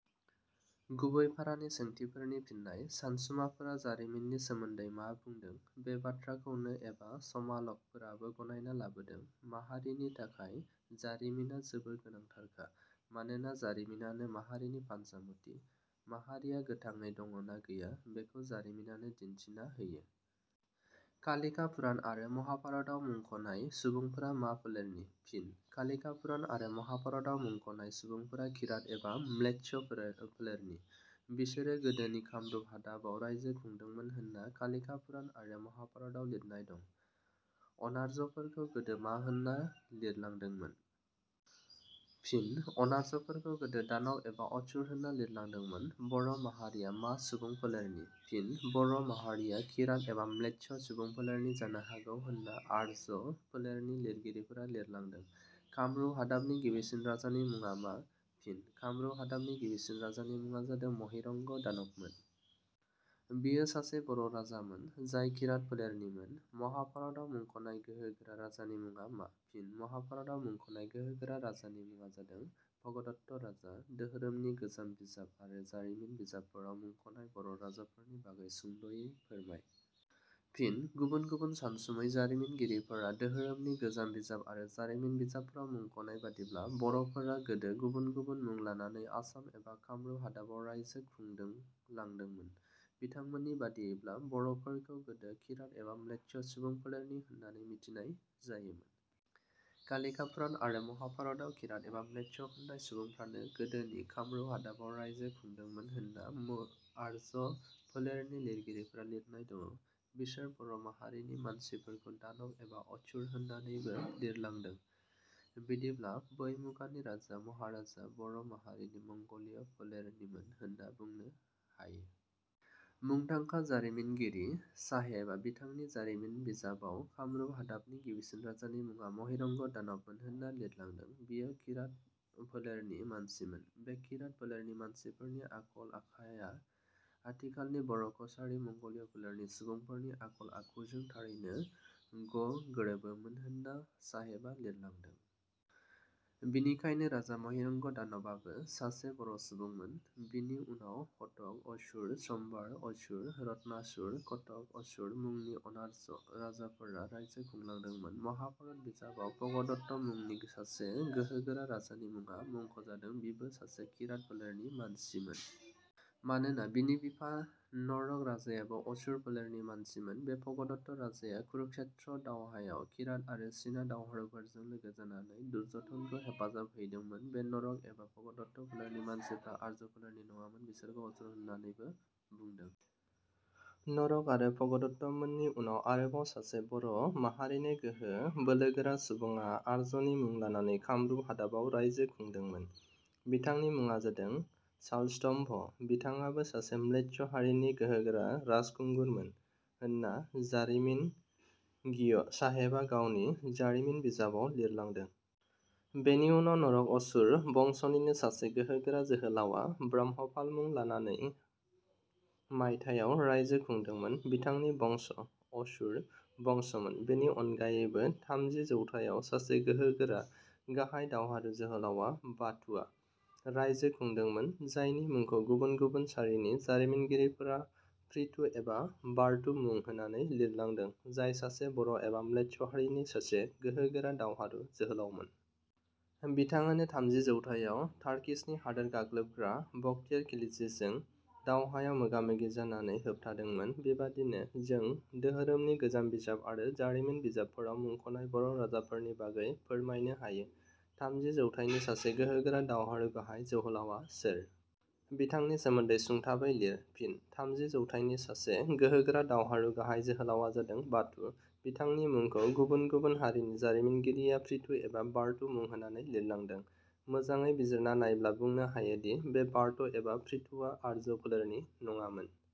गुबै फारानि सोंथिफोरनि फिननाय:. सानसुमाफोरा जारिमिननि सोमोन्दै मा बुंदों? बे बाथ्राखौनो एबा समाल'क फोराबो गनायना लाबोदों। माहारिनि थाखाय जारिमिना जोबोर गोनांथारखा। मानोना जारिमिनानो माहारिनि फान्जामुथि। माहारिया गोथाङै दङ'ना गैया बेखौ जारिमिनानो दिन्थिना होयो।. 'कालिका पुराण' आरो 'महाभारत'आव मुंख'नाय सुबुंफोरा मा फोलेरनि? फिन: 'कालिका पुराण' आरो 'महाभारत'आव मुंख'नाय सुबुंफोरा 'किरात' एबा 'म्लेच्छ' फोलेरनि। बिसोरो गोदोनि कामरुप हादाबाव राइजो खुंदोंमोन होनना 'कालिका पुराण' आरो 'महाभारत'आव लिरनाय दं।. अनार्जफोरखौ गोदो मा होन्ना लिरलांदोंमोन? फिन: अनार्जफोरखौ गोदो 'दानब' एबा 'असुर' होननानै लिरलांदोंमोन।. बर' माहारिया मा सुबुंफोलेरनि? फिन: बर' माहारिया 'किरात' एबा 'म्लेच्छ' सुबुंफोलेरनि जानो हागौ होनना आर्ज्य फोलेरनि लिरगिरिफोरा लिरलांदों।. कामरुप हादाबनि गिबिसिन राजानि मुङा मा? फिन: कामरुप हादाबनि गिबिसिन राजानि मुङा जादों महीरंग' दानबमोन। बियो सासे बर' राजामोन जाय 'किरात' फोलेरनिमोन।. 'महाभारत'आव मुंखनाय गोहो गोरा राजानि मुङा मा? फिन: 'महाभारत'आव मुंखनाय गोहो गोरा राजानि मुङा जादों 'भगदत्त' राजा।. दोहोरोमनि गोजाम बिजाब आरो जारिमिन बिजाबफोराव मुंख'नाय बर' राजाफोरनि बागै सुंद'यै फोरमाय। फिन: गुबुन गुबुन सानसुमै, जारिमिनगिरफोरा दोहोरोमनि गोजाम बिजाब आरो जारिमिन बिजाबफोराव मुंखनाय बादिब्ला, बर'फोरा गोदो गुबुन गुबुन मुं लानानै आसाम एबा कामरूप हादाबाव राइजो खुंदोंलांदोंमोन। बिथांमोननि बादियैब्ला बर'फोरखौ गोदो 'किरात' एबा 'म्लेच्छ' सुबुंफोलेरनि होननानै मिथिनाय जायोमोन। 'कालिका पुराण' आरो 'महाभारत'आव 'किरात' एबा 'म्लेच्छ' होननाय सुबुंफ्रानो गोदोनि कामरुप हादाबाव रायजो खुंदोंमोन होनना आर्ज्य फोलेरनि लिरगिरिफोरा लिरनाय दं। बिसोर बर' माहारिनि मानसिफोरखौ 'दानब' एबा 'असुर' होननानैबो लिरलांदों। बिंदिब्ला बै मुगानि राजा महाराजाफ्रा बर' माहारिनि मंगलिय' फोलेरनिमोन होनना बुंनो हायो। मुंदांखा जारिमिनगिरि साहेबा बिथांनि "" जारिमिन बिजाबाव कामरूप हादाबनि गिबिसिन राजानि मुङा महिरंग दानबमोन होनना लिरलांदों। बियो 'किरात' फोलेरनि मानसिमोन। बे 'किरात' फोलेरनि मानसिफोरनि आखल- आखाआ आथिखालनि बर' कछारी मंगलिय' फोलेरनि सुबुंफोरनि आखल आखुजों थारैनो गगोरोबोमोन होनना साहेबा लिरलांदों। बिनिखायनो राजा महिरंग' दानब आबो सासे बर' सुबुंमोन। बिनि उनाव हटक असुर, सम्बार असुर, रत्नासुर, घटक असुर मुंनि अनार्ज राजाफोरा रायजो खुलांदोंमोन। 'महाभारत' बिजाबाव 'भगदत्त' मुंनि सासे गोहोगोरा राजानि मुङा मुंख'जादों। बिबो सासे किरात फोलेरनि मानसिमोन। मानोना बिनि बिफा 'नरक' राजायाबो 'असुर' फोलेरनि मानसिमोन। बे भगदत्त राजाया कुरुक्षेत्र दावहामायाव 'किरात' आरो 'चीना' दावहारुफोरजों लोगो जानानै दुर्जधनखौ हेफाजाब हैदोंमोन। बे 'नरक' एबा 'भगदत्त' फोलेरनि मानसिफ्रा आर्ज फोलेरनि नङामोन। बिसोरखौ असुर होननानै बुंदों। नरक आरो भगदत्त मोननि उनाव आरोबाव सासे बर' माहारिनि गोहो बोलोगोरा सुबुङा आर्जनि मुं लानानै कामरुप हादाबाव राइजो खुंदोंमोन। बिथांनि मुङानो जादों 'शालस्तम्भ'। बिथांङाबो सासे म्लेच्छ हारिनि गोहोगोरा राजखुंगुरमोन होनना जारिमिनगिय साहेबा गावनि जारिमिन बिजाबाव लिरलांदों। बेनि उनाव नरक असुर बंसनिनो सासे गोहोगोरा जोहोलावा 'ब्रह्मपाल' मुं लानानै.. मायथायाव रायजो खुदोंमोन। बिथांनि बंश' 'असुर बंस'मोन। बेनि अनगायैबो थामजि जौथायाव सासे गोहोगोरा गाहाइ दावहारु जोहोलावा 'बाथु'आ राइजो खुंदोंमोन जायनि मुंखौ गुबुन गुबुन सारिनि जारिमिनगिरिफोरा 'पृथु' एबा 'बार्थु' मुं होनानै लिरलांदों जाय सासे बर' एबा म्लेच्छ हारिनि सासे गोहोगोरा दावहारु जोहोलावमोन। बिथाङानो थामजि जौथायाव तार्किसनि हादोर गाग्लोबग्रा बकटियार खिलजिजों दावहायाव मोगा-मोगि जानानै होबथादोंमोन। बेबादिनो जों दोहोरोमनि गोजाम बिजाब आरो जारिमिन बिजाबफोराव मुंख'नाय बर' राजाफोरनि बागै फोरमायनो हायो।. थामजि जौथाइनि सासे गोहो गोरा दावहारु गाहाइ जोहोलावा सोर? बिथांनि सोमोन्दै सुंथाबै लिर। फिन: थामजि जौथाइनि सासे गोहोगोरा दावहारु गाहाइ जोहोलावानो जादों- 'बाथु'। बिथांनि मुंखौ गुबुन गुबुन हारिनि जारिमिनगिरिया 'पृथु' एबा 'बार्थु' मुं होनानै लिरलांदों। मोजाडै बिजिरना नायब्ला बुंनो हायो दि बे 'बार्थ' एबा 'पृथु' आ आर्ज्य फोलेरनि नङामोन।